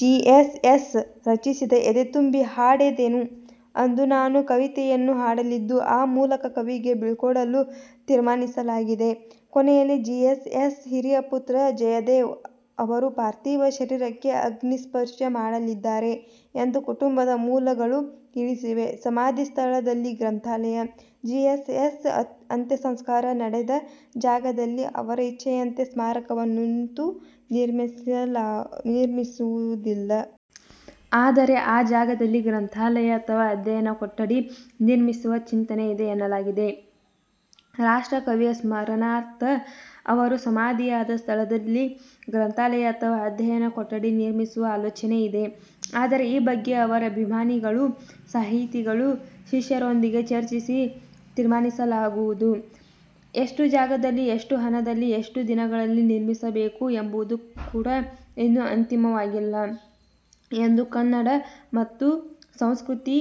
GSS ರಚಿಸಿದ ''''ಎದೆತುಂಬಿ ಹಾಡೆದೆನು ಅಂದು ನಾನು'' ಕವಿತೆಯನ್ನು ಹಾಡಲಿದ್ದು, ಆ ಮೂಲಕ ಕವಿಗೆ ಬೀಳ್ಕೊಡಲು ತೀರ್ಮಾನಿಸಲಾಗಿದೆ. ಕೊನೆಯಲ್ಲಿ ಜಿಎಸ್ಎಸ್ ಹಿರಿಯ ಪುತ್ರ ಜಯದೇವ ಅವರು ಪಾರ್ಥಿವ ಶರೀರಕ್ಕೆ ಅಗ್ನಿಸ್ಪರ್ಶ ಮಾಡಲಿದ್ದಾರೆ ಎಂದು ಕುಟುಂಬದ ಮೂಲಗಳು ತಿಳಿಸಿವೆ. ಸಮಾಧಿ ಸ್ಥಳದಲ್ಲಿ ಗ್ರಂಥಾಲಯ? ಜಿಎಸ್ಎಸ್ ಅಂತ್ಯಸಂಸ್ಕಾರ ನಡೆದ ಜಾಗದಲ್ಲಿ ಅವರ ಇಚ್ಛೆಯಂತೆ ಸ್ಮಾರಕವನ್ನಂತೂ ನಿರ್ಮಿಸುವುದಿಲ್ಲ. ಆದರೆ, ಆ ಜಾಗದಲ್ಲಿ ಗ್ರಂಥಾಲಯ ಅಥವಾ ಅಧ್ಯಯನ ಕೊಠಡಿ ನಿರ್ಮಿಸುವ ಚಿಂತನೆ ಇದೆ ಎನ್ನಲಾಗಿದೆ. ರಾಷ್ಟ್ರಕವಿಯ ಸ್ಮರಣಾರ್ಥ ಅವರು ಸಮಾಧಿಯಾದ ಸ್ಥಳದಲ್ಲಿ ಗ್ರಂಥಾಲಯ ಅಥವಾ ಅಧ್ಯಯನ ಕೊಠಡಿ ನಿರ್ಮಿಸುವ ಆಲೋಚನೆ ಇದೆ. ಆದರೆ, ಈ ಬಗ್ಗೆ ಅವರ ಅಭಿಮಾನಿಗಳು, ಸಾಹಿತಿಗಳು, ಶಿಷ್ಯರೊಂದಿಗೆ ಚರ್ಚಿಸಿ ತೀರ್ಮಾನಿಸಲಾಗುವುದು. ಎಷ್ಟು ಜಾಗದಲ್ಲಿ, ಎಷ್ಟು ಹಣದಲ್ಲಿ, ಎಷ್ಟು ದಿನಗಳಲ್ಲಿ ನಿರ್ಮಿಸಬೇಕು ಎಂಬುದು ಕೂಡ ಇನ್ನೂ ಅಂತಿಮವಾಗಿಲ್ಲ ಎಂದು ಕನ್ನಡ ಮತ್ತು ಸಂಸ್ಕೃತಿ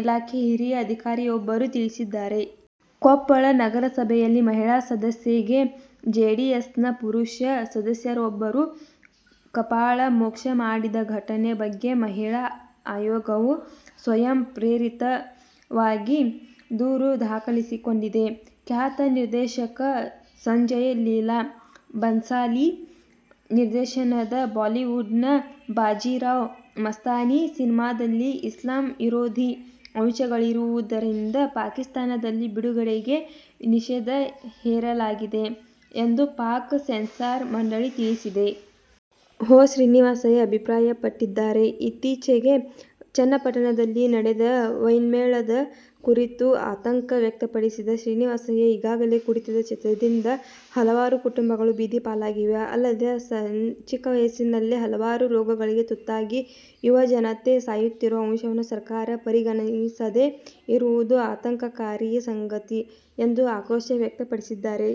ಇಲಾಖೆ ಹಿರಿಯ ಅಧಿಕಾರಿಯೊಬ್ಬರು ತಿಳಿಸಿದ್ದಾರೆ. ಕೊಪ್ಪಳ ನಗರಸಭೆಯಲ್ಲಿ ಮಹಿಳಾ ಸದಸ್ಯೆಗೆ ಜೆಡಿಎಸ್ನ ಪುರುಷ ಸದಸ್ಯರೊಬ್ಬರು ಕಪಾಳ ಮೋಕ್ಷ ಮಾಡಿದ ಘಟನೆ ಬಗ್ಗೆ ಮಹಿಳಾ ಆಯೋಗವು ಸ್ವಯಂಪ್ರೇರಿತವಾಗಿ ದೂರು ದಾಖಲಿಸಿಕೊಂಡಿದೆ. ಖ್ಯಾತ ನಿರ್ದೇಶಕ ಸಂಜಯ್ ಲೀಲಾ ಬನ್ಸಾಲಿ ನಿರ್ದೇಶನದ ಬಾಲಿವುಡ್ ನ ಬಾಜಿರಾವ್ ಮಸ್ತಾನಿ ಸಿನಿಮಾದಲ್ಲಿ ಇಸ್ಲಾಂ ವಿರೋಧಿ ಅಂಶಗಳಿರುವುದರಿಂದ ಪಾಕಿಸ್ತಾನದಲ್ಲಿ ಬಿಡುಗಡೆಗೆ ನಿಷೇಧ ಹೇರಲಾಗಿದೆ ಎಂದು ಪಾಕ್ ಸೆನ್ಸಾರ್ ಮಂಡಳಿ ತಿಳಿಸಿದೆ. ಹೊ. ಶ್ರೀನಿವಾಸಯ್ಯ ಅಭಿಪ್ರಾಯಪಟ್ಟಿದ್ದಾರೆ. ಇತ್ತೀಚೆಗೆ ಚನ್ನಪಟ್ಟಣದಲ್ಲಿ ನಡೆದ ವೈನ್ಮೇಳದ ಕುರಿತು ಆತಂಕ ವ್ಯಕ್ತಪಡಿಸಿದ ಶ್ರೀನಿವಾಸಯ್ಯ, ಈಗಾಗಲೇ ಕುಡಿತದ ಚಟದಿಂದ ಹಲವಾರು ಕುಟುಂಬಗಳು ಬೀದಿ ಪಾಲಾಗಿವೆ. ಅಲ್ಲದೇ ಚಿಕ್ಕವಯಸ್ಸಿನಲ್ಲೇ ಹಲವಾರು ರೋಗಗಳಿಗೆ ತುತ್ತಾಗಿ ಯುವಜನತೆ ಸಾಯುತ್ತಿರುವ ಅಂಶವನ್ನು ಸರ್ಕಾರ ಪರಿಗಣಿಸದೇ ಇರುವುದು ಆತಂಕಕಾರಿ ಸಂಗತಿ ಎಂದು ಆಕ್ರೋಶ ವ್ಯಕ್ತಪಡಿಸಿದ್ದಾರೆ.